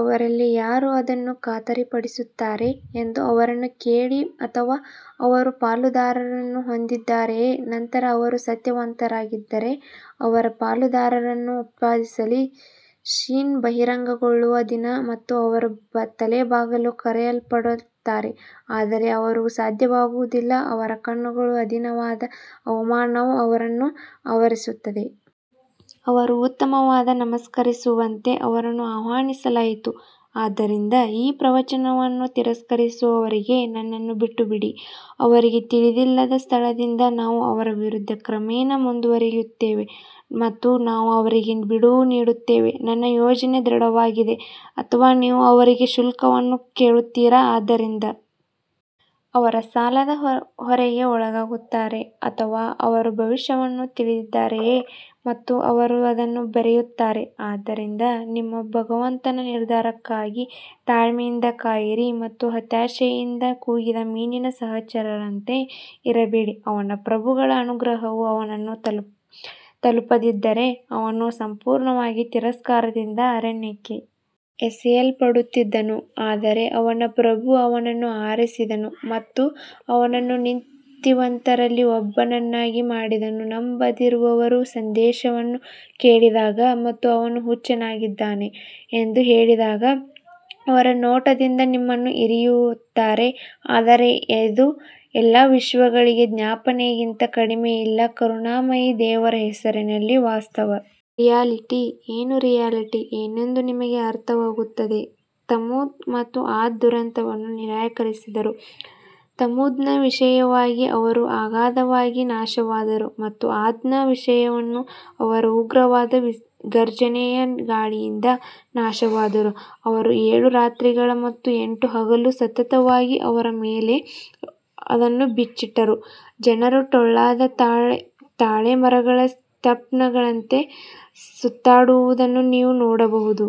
ಅವರಲ್ಲಿ ಯಾರು ಅದನ್ನು ಖಾತರಿಪಡಿಸುತ್ತಾರೆ ಎಂದು ಅವರನ್ನು ಕೇಳಿ ಅಥವಾ ಅವರು ಪಾಲುದಾರರನ್ನು ಹೊಂದಿದ್ದಾರೆಯೇ ನಂತರ ಅವರು ಸತ್ಯವಂತರಾಗಿದ್ದರೆ ಅವರ ಪಾಲುದಾರರನ್ನು ಉತ್ಪಾದಿಸಲಿ ಶಿನ್ ಬಹಿರಂಗಗೊಳ್ಳುವ ದಿನ ಮತ್ತು ಅವರು ತಲೆಬಾಗಲು ಕರೆಯಲ್ಪಡುತ್ತಾರೆ ಆದರೆ ಅವರು ಸಾಧ್ಯವಾಗುವುದಿಲ್ಲ ಅವರ ಕಣ್ಣುಗಳು ಅಧೀನವಾದ ಅವಮಾನವು ಅವರನ್ನು ಆವರಿಸುತ್ತದೆ, ಅವರು ಉತ್ತಮವಾದಾಗ ನಮಸ್ಕರಿಸುವಂತೆ ಅವರನ್ನು ಆಹ್ವಾನಿಸಲಾಯಿತು ಆದ್ದರಿಂದ ಈ ಪ್ರವಚನವನ್ನು ತಿರಸ್ಕರಿಸುವವರಿಗೆ ನನ್ನನ್ನು ಬಿಟ್ಟುಬಿಡಿ, ಅವರಿಗೆ ತಿಳಿದಿಲ್ಲದ ಸ್ಥಳದಿಂದ ನಾವು ಅವರ ವಿರುದ್ಧ ಕ್ರಮೇಣ ಮುಂದುವರಿಯುತ್ತೇವೆ ಮತ್ತು ನಾನು ಅವರಿಗೆ ಬಿಡುವು ನೀಡುತ್ತೇನೆ ನನ್ನ ಯೋಜನೆ ದೃಢವಾಗಿದೆ ಅಥವಾ ನೀವು ಅವರಿಗೆ ಶುಲ್ಕವನ್ನು ಕೇಳುತ್ತೀರಾ ಆದ್ದರಿಂದ ಅವರು ಸಾಲದ ಹೊರೆಗೆ ಒಳಗಾಗುತ್ತಾರೆ ಅಥವಾ ಅವರು ಭವಿಷ್ಯವನ್ನು ತಿಳಿದಿದ್ದಾರೆಯೇ ಮತ್ತು ಅವರು ಅದನ್ನು ಬರೆಯುತ್ತಾರೆ ಆದ್ದರಿಂದ ನಿಮ್ಮ ಭಗವಂತನ ನಿರ್ಧಾರಕ್ಕಾಗಿ ತಾಳ್ಮೆಯಿಂದ ಕಾಯಿರಿ ಮತ್ತು ಹತಾಶೆಯಿಂದ ಕೂಗಿದ ಮೀನಿನ ಸಹಚರರಂತೆ ಇರಬೇಡಿ ಅವನ ಪ್ರಭುಗಳ ಅನುಗ್ರಹವು ಅವನನ್ನು ತಲುಪದಿದ್ದರೆ ಅವನು ಸಂಪೂರ್ಣವಾಗಿ ತಿರಸ್ಕಾರದಿಂದ ಅರಣ್ಯಕ್ಕೆ ಎಸೆಯಲ್ಪಡುತ್ತಿದ್ದನು ಆದರೆ ಅವನ ಪ್ರಭು ಅವನನ್ನು ಆರಿಸಿದನು ಮತ್ತು ಅವನನ್ನು ನೀತಿವಂತರಲ್ಲಿ ಒಬ್ಬನನ್ನಾಗಿ ಮಾಡಿದನು ನಂಬದಿರುವವರು ಸಂದೇಶವನ್ನು ಕೇಳಿದಾಗ ಮತ್ತು ಅವನು ಹುಚ್ಚನಾಗಿದ್ದಾನೆ ಎಂದು ಹೇಳಿದಾಗ ಅವರ ನೋಟದಿಂದ ನಿಮ್ಮನ್ನು ಇರಿಯುತ್ತಾರೆ ಆದರೆ ಇದು ಎಲ್ಲಾ ವಿಶ್ವಗಳಿಗೆ ಜ್ಞಾಪನೆಗಿಂತ ಕಡಿಮೆಯಿಲ್ಲ ಕರುಣಾಮಯಿ ದೇವರ ಹೆಸರಿನಲ್ಲಿ ವಾಸ್ತವ ರಿಯಾಲಿಟಿ ಏನು ರಿಯಾಲಿಟಿ ಏನೆಂದು ನಿಮಗೆ ಏನು ಅರ್ಥವಾಗುತ್ತದೆ ತಮೂದ್ ಮತ್ತು ಆದ್ ದುರಂತವನ್ನು ನಿರಾಕರಿಸಿದರು ತಮೂದ್ನ ವಿಷಯವಾಗಿ ಅವರು ಅಗಾಧವಾಗಿ ನಾಶವಾದರು ಮತ್ತು ಆದ್ನ ವಿಷಯದಲ್ಲಿ ಅವರು ಉಗ್ರವಾದ ಘರ್ಜನೆಯ ಗಾಳಿಯಿಂದ ನಾಶವಾದರು ಅವರು ಏಳು ರಾತ್ರಿಗಳು ಮತ್ತು ಎಂಟು ಹಗಲು ಸತತವಾಗಿ ಅವರ ಮೇಲೆ ಅದನ್ನು ಬಿಚ್ಚಿಟ್ಟರು, ಜನರು ಟೊಳ್ಳಾದ ತಾಳೆ ಮರಗಳ ಸ್ಟಂಪ್ಗಳಂತೆ ಸುತ್ತಾಡುವುದನ್ನು ನೀವು ನೋಡಬಹುದು.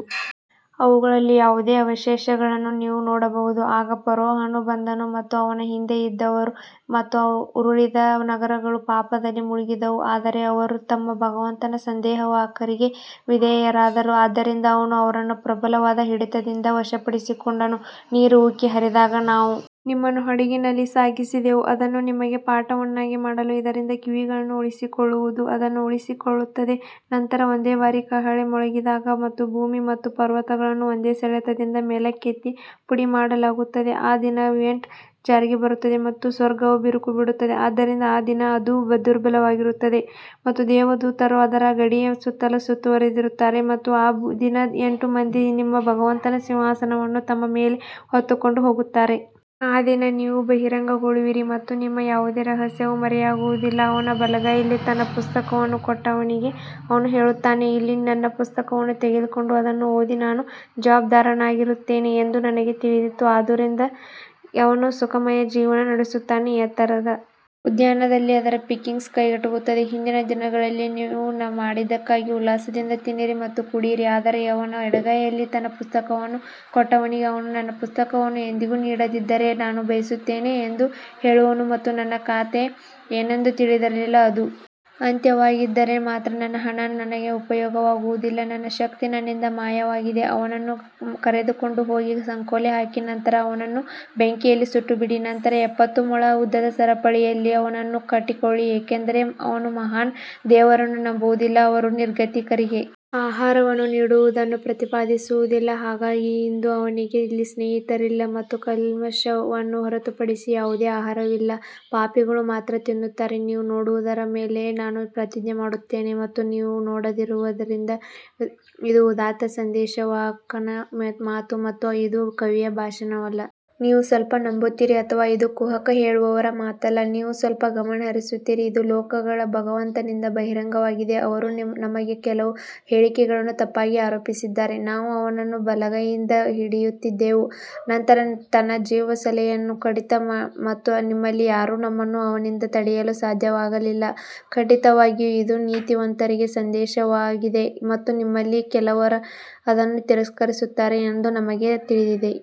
ಅವುಗಳಲ್ಲಿ ಯಾವುದೇ ಅವಶೇಷಗಳನ್ನು ನೀವು ನೋಡಬಹುದು ಆಗ ಫರೋಹನು ಬಂದನು ಮತ್ತು ಅವನ ಹಿಂದೆ ಇದ್ದವರು ಮತ್ತು ಉರುಳಿದ ನಗರಗಳು ಪಾಪದಲ್ಲಿ ಮುಳುಗಿದವು ಆದರೆ ಅವರು ತಮ್ಮ ಭಗವಂತನ ಸಂದೇಶವಾಹಕರಿಗೆ ಅವಿಧೇಯರಾದರು ಆದ್ದರಿಂದ ಅವನು ಅವರನ್ನು ಪ್ರಬಲವಾದ ಹಿಡಿತದಿಂದ ವಶಪಡಿಸಿಕೊಂಡನು ನೀರು ಉಕ್ಕಿ ಹರಿದಾಗ ನಾವು ನಿಮ್ಮನ್ನು ಹಡಗಿನಲ್ಲಿ ಸಾಗಿಸಿದೆವು ಅದನ್ನು ನಿಮಗೆ ಪಾಠವನ್ನಾಗಿ ಮಾಡಲು ಇದರಿಂದ ಕಿವಿಗಳನ್ನು ಉಳಿಸಿಕೊಳ್ಳುವುದು ಅದನ್ನು ಉಳಿಸಿಕೊಳ್ಳುತ್ತದೆ ನಂತರ ಒಂದೇ ಬಾರಿ ಕಹಳೆ ಮೊಳಗಿದಾಗ ಮತ್ತು ಭೂಮಿ ಮತ್ತು ಪರ್ವತಗಳನ್ನು ಒಂದೇ ಸೆಳೆತದಿಂದ ಮೇಲಕ್ಕೆತ್ತಿ ಪುಡಿಮಾಡಲಾಗುತ್ತದೆ ಆ ದಿನ ಈವೆಂಟ್ ಜಾರಿಗೆ ಬರುತ್ತದೆ ಮತ್ತು ಸ್ವರ್ಗವು ಬಿರುಕು ಬಿಡುತ್ತದೆ ಆದ್ದರಿಂದ ಆ ದಿನ ಅದು ದುರ್ಬಲವಾಗಿರುತ್ತದೆ ಮತ್ತು ದೇವದೂತರು ಅದರ ಗಡಿಯ ಸುತ್ತಲೂ ಸುತ್ತುವರೆದಿರುತ್ತಾರೆ ಮತ್ತು ಆ ದಿನ ಎಂಟು ಮಂದಿ ನಿಮ್ಮ ಭಗವಂತನ ಸಿಂಹಾಸನವನ್ನು ತಮ್ಮ ಮೇಲೆ ಹೊತ್ತುಕೊಂಡು ಹೋಗುತ್ತಾರೆ. ಆ ದಿನ ನೀವು ಬಹಿರಂಗಗೊಳ್ಳುವಿರಿ ಮತ್ತು ನಿಮ್ಮ ಯಾವುದೇ ರಹಸ್ಯವು ಮರೆಯಾಗುವುದಿಲ್ಲ ಅವನ ಬಲಗೈಯಲ್ಲಿ ತನ್ನ ಪುಸ್ತಕವನ್ನು ಕೊಟ್ಟವನಿಗೆ ಅವನು ಹೇಳುತ್ತಾನೆ ಇಲ್ಲಿ ನನ್ನ ಪುಸ್ತಕವನ್ನು ತೆಗೆದುಕೊಂಡು ಅದನ್ನು ಓದಿ ನಾನು ಜವಾಬ್ದಾರನಾಗಿರುತ್ತೇನೆ ಎಂದು ನನಗೆ ತಿಳಿದಿತ್ತು ಆದುದರಿಂದ ಅವನು ಸುಖಮಯ ಜೀವನ ನಡೆಸುತ್ತಾನೆ ಎತ್ತರದ ಉದ್ಯಾನದಲ್ಲಿ ಅದರ ಪಿಕ್ಕಿಂಗ್ಸ್ ಕೈಗೆಟುಕುತ್ತದೆ ಹಿಂದಿನ ದಿನಗಳಲ್ಲಿ ನೀವು ಮಾಡಿದ್ದಕ್ಕಾಗಿ ಉಲ್ಲಾಸದಿಂದ ತಿನ್ನಿರಿ ಮತ್ತು ಕುಡಿಯಿರಿ ಆದರೆ ಅವನ ಎಡಗೈಯಲ್ಲಿ ತನ್ನ ಪುಸ್ತಕವನ್ನು ಕೊಟ್ಟವನಿಗೆ ಅವನು ನನ್ನ ಪುಸ್ತಕವನ್ನು ಎಂದಿಗೂ ನೀಡದಿದ್ದರೆ ನಾನು ಬಯಸುತ್ತೇನೆ ಎಂದು ಹೇಳುವನು ಮತ್ತು ನನ್ನ ಖಾತೆ ಏನೆಂದು ತಿಳಿದಿರಲಿಲ್ಲ ಅದು ಅಂತ್ಯವಾಗಿದ್ದರೆ ಮಾತ್ರ ನನ್ನ ಹಣ ನನಗೆ ಉಪಯೋಗವಾಗುವುದಿಲ್ಲ ನನ್ನ ಶಕ್ತಿ ನನ್ನಿಂದ ಮಾಯವಾಗಿದೆ ಅವನನ್ನು ಕರೆದುಕೊಂಡು ಹೋಗಿ ಸಂಕೋಲೆ ಹಾಕಿ ನಂತರ ಅವನನ್ನು ಬೆಂಕಿಯಲ್ಲಿ ಸುಟ್ಟುಬಿಡಿ ನಂತರ ಎಪ್ಪತ್ತು ಮೊಳ ಉದ್ದದ ಸರಪಳಿಯಲ್ಲಿ ಅವನನ್ನು ಕಟ್ಟಿಕೊಳ್ಳಿ ಏಕೆಂದರೆ ಅವನು ಮಹಾನ್ ದೇವರನ್ನು ನಂಬುವುದಿಲ್ಲ ಅವರು ನಿರ್ಗತಿಕರಿಗೆ ಆಹಾರವನ್ನು ನೀಡುವುದನ್ನು ಪ್ರತಿಪಾದಿಸುವುದಿಲ್ಲ ಹಾಗಾಗಿ ಇಂದು ಅವನಿಗೆ ಇಲ್ಲಿ ಸ್ನೇಹಿತರಿಲ್ಲ ಮತ್ತು ಕಲ್ಮಶವನ್ನು ಹೊರತುಪಡಿಸಿ ಯಾವುದೇ ಆಹಾರವಿಲ್ಲ ಪಾಪಿಗಳು ಮಾತ್ರ ತಿನ್ನುತ್ತಾರೆ ನೀವು ನೋಡುವುದರ ಮೇಲೆ ನಾನು ಪ್ರತಿಜ್ಞೆ ಮಾಡುತ್ತೇನೆ ಮತ್ತು ನೀವು ನೋಡದಿರುವದರಿಂದ ಇದು ಉದಾತ್ತ ಸಂದೇಶವಾಹಕನ ಮಾತು ಮತ್ತು ಇದು ಕವಿಯ ಭಾಷಣವಲ್ಲ, ನೀವು ಸ್ವಲ್ಪ ನಂಬುತ್ತೀರಿ ಅಥವಾ ಇದು ಕುಹಕ ಹೇಳುವವರ ಮಾತಲ್ಲ, ನೀವು ಸ್ವಲ್ಪ ಗಮನ ಹರಿಸುತ್ತೀರಿ ಇದು ಲೋಕಗಳ ಭಗವಂತನಿಂದ ಬಹಿರಂಗವಾಗಿದೆ ಅವರು ನಮಗೆ ಕೆಲವು ಹೇಳಿಕೆಗಳನ್ನು ತಪ್ಪಾಗಿ ಆರೋಪಿಸಿದ್ದಾರೆ ನಾವು ಅವನನ್ನು ಬಲಗೈಯಿಂದ ಹಿಡಿಯುತ್ತಿದ್ದೆವು ನಂತರ ತನ್ನ ಜೀವಸೆಲೆಯನ್ನು ಕಡಿದ ಮತ್ತು ನಿಮ್ಮಲ್ಲಿ ಯಾರೂ ನಮ್ಮನ್ನು ಅವನಿಂದ ತಡೆಯಲು ಸಾಧ್ಯವಾಗಲಿಲ್ಲ ಖಂಡಿತವಾಗಿಯೂ ಇದು ನೀತಿವಂತರಿಗೆ ಸಂದೇಶವಾಗಿದೆ ಮತ್ತು ನಿಮ್ಮಲ್ಲಿ ಕೆಲವರು ಅದನ್ನು ತಿರಸ್ಕರಿಸುತ್ತಾರೆ ಎಂದು ನಮಗೆ ತಿಳಿದಿದೆ.